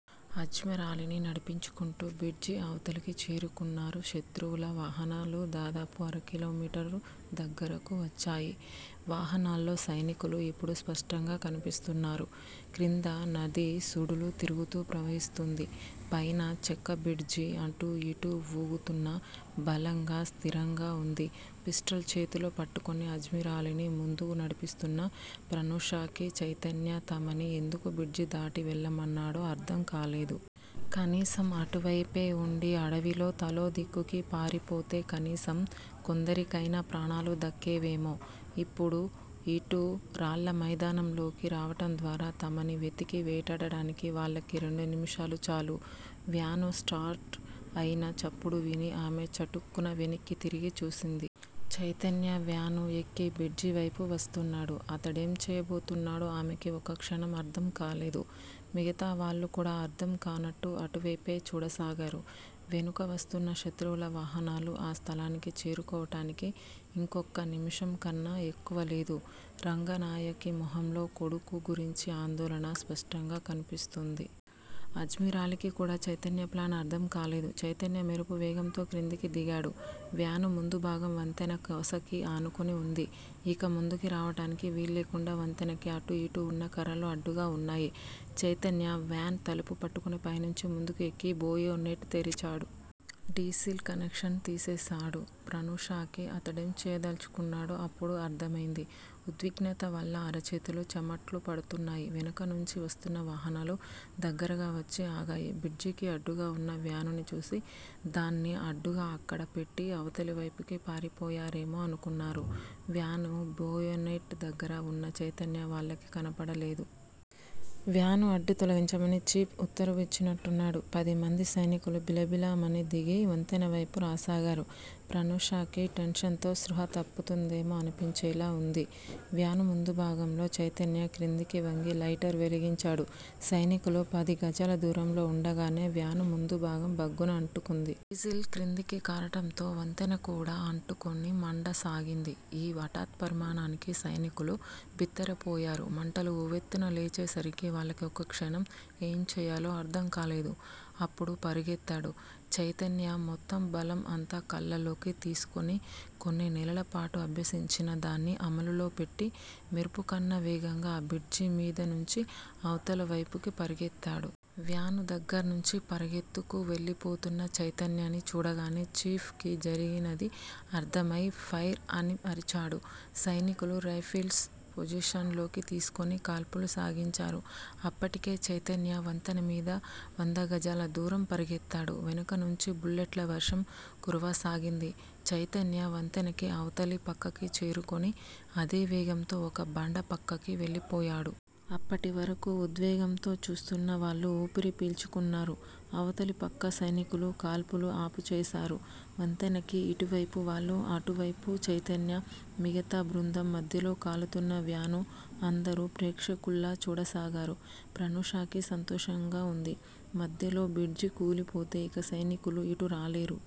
అజ్మరాలీని నడిపించుకుంటూ బ్రిడ్జి అవతలికి చేరుకున్నారు. శత్రువుల వాహనాలు దాదాపు అరకిలోమీటరు దగ్గరకు వచ్చాయి. వాహనాల్లో సైనికులు ఇప్పుడు స్పష్టంగా కనిపిస్తున్నారు. క్రింద నది సుడులు తిరుగుతూ ప్రవహిస్తూంది. పైన చెక్కబ్రిడ్జి అటూ ఇటూ వూగుతున్నా, బలంగా స్థిరంగా వుంది. పిస్టల్ చేతిలో పట్టుకుని, అజ్మరాలీని ముందు నడిపిస్తూన్న ప్రనూషకి చైతన్య తమని ఎందుకు బ్రిడ్జి దాటి వెళ్ళమన్నాడో అర్ధంకాలేదు. కనీసం అటువైపే వుండి అడవిలో తలోదిక్కుకీ పారిపోతే కనీసం కొందరికయినా ప్రాణాలు దక్కేవేమో! ఇప్పుడు ఇటు రాళ్ళ మైదానంలోకి రావటం ద్వారా, తమని వెతికి వేటాడటానికి వాళ్ళకి రెండు నిముషాలు చాలు. వ్యాను స్టార్ట్ అయిన చప్పుడు విని ఆమె చటుక్కున వెనక్కి తిరిగి చూసింది. చైతన్య వ్యాను ఎక్కి బ్రిడ్జివైపు వస్తున్నాడు. అతడేం చేయబోతున్నాడో ఆమెకి ఒక్కక్షణం అర్ధంకాలేదు. మిగతావాళ్ళు కూడా అర్ధంకానట్టు అటువైపే చూడసాగారు. వెనుక వస్తున్న శత్రువుల వాహనాలు ఆ స్థలానికి చేరుకోవటానికి ఇంకొక్క నిమిషంకన్నా ఎక్కువ లేదు. రంగనాయకి మొహంలో కొడుకు గురించిన ఆందోళన స్పష్టంగా కనిపిస్తూంది. అజ్మరాలీకి కూడా చైతన్య ప్లాన్ అర్ధంకాలేదు. చైతన్య మెరుపు వేగంతో క్రిందికి దిగాడు. వ్యాను ముందుభాగం వంతెన కొసకి ఆనుకుని వుంది. ఇక ముందుకి రావటానికి వీల్లేకుండా వంతెనకి అటూ ఇటూ వున్న కర్రలు అడ్డుగా వున్నాయి. చైతన్య వ్యాన్ తలుపు పట్టుకుని పైనుంచి ముందుకి ఎక్కి బోయెనెట్ తెరిచాడు. డీసిల్ కనెక్షన్ తీసేశాడు. ప్రనూషకి అతడేం చేయదల్చుకున్నాడో అప్పుడు అర్ధమైంది. ఉద్విగ్నతవల్ల అరచేతులు చెమట్లు పడుతున్నాయి. వెనుక నుంచి వస్తూన్న వాహనాలు దగ్గరగా వచ్చి ఆగాయి. బ్రిడ్జికి అడ్డుగా వున్న వ్యానుని చూసి, దాన్ని అడ్డుగా అక్కడ పెట్టి అవతలివైపుకి పారిపోయారేమో అనుకున్నారు. వ్యాను బోయెనెట్ దగ్గర వున్న చైతన్య వాళ్ళకి కనపడలేదు. వ్యాను అడ్డు తొలగించమని 'చీఫ్' ఉత్తర్వు యిచ్చినట్టున్నాడు. పదిమంది సైనికులు బిలబిలమని దిగి, వంతెనవైపు రాసాగారు. ప్రనూషకి టెన్షన్ తో స్పృహ తప్పుతుందేమో అనిపించేలా వుంది. వ్యాను ముందుభాగంలో చైతన్య క్రిందికి వంగి లైటర్ వెలిగించాడు. సైనికులు పది గజాల దూరంలో వుండగానే వ్యాను ముందుభాగం భగ్గున అంటుకుంది. డీసిల్ క్రిందికి కారటంతో వంతెన కూడా అంటుకుని మండసాగింది. ఈ హఠాత్పరిణామానికి సైనికులు బిత్తరపోయారు. మంటలు ఉవ్వెత్తున లేచేసరికి వాళ్ళకి ఒక్కక్షణం ఏం చేయాలో అర్ధంకాలేదు. అప్పుడు పరుగెత్తాడు చైతన్య మొత్తం బలం అంతా కాళ్ళలోకి తీసుకుని కొన్ని నెలలపాటు అభ్యసించిన దాన్ని అమలులో పెట్టి మెరుపుకన్నా వేగంగా ఆ బ్రిడ్జి మీదనుంచి అవతలివైపుకి పరుగెత్తాడు. వ్యాను దగ్గర్నుంచి పరుగెత్తుకు వెళ్ళిపోతున్న చైతన్యని చూడగానే 'చీఫ్' కి జరిగినది అర్ధమై ఫైర్ అని అరిచాడు. సైనికులు రైఫిల్స్ పొజిషన్ లోకి తీసుకుని కాల్పులు సాగించారు. అప్పటికే చైతన్య వంతెన మీద వందగజాల దూరం పరుగెత్తాడు. వెనుకనుంచి బుల్లెట్ల వర్షం కురవసాగింది. చైతన్య వంతెనకి అవతలి పక్కకి చేరుకుని, అదే వేగంతో ఒక బండ పక్కకి వెళ్ళిపోయాడు. అప్పటివరకూ ఉద్వేగంతో చూస్తున్న వాళ్ళు ఊపిరి పీల్చుకున్నారు. అవతలిపక్క సైనికులు కాల్పులు ఆపుచేశారు. వంతెనకి ఇటువైపు వాళ్ళు, అటువైపు చైతన్యా, మిగతా బృందం మధ్యలో కాలుతున్న వ్యాను అందరూ ప్రేక్షకుల్లా చూడసాగారు. ప్రనూషకి సంతోషంగా వుంది. మధ్యలో బ్రిడ్జి కూలిపోతే ఇక సైనికులు ఇటు రాలేరు.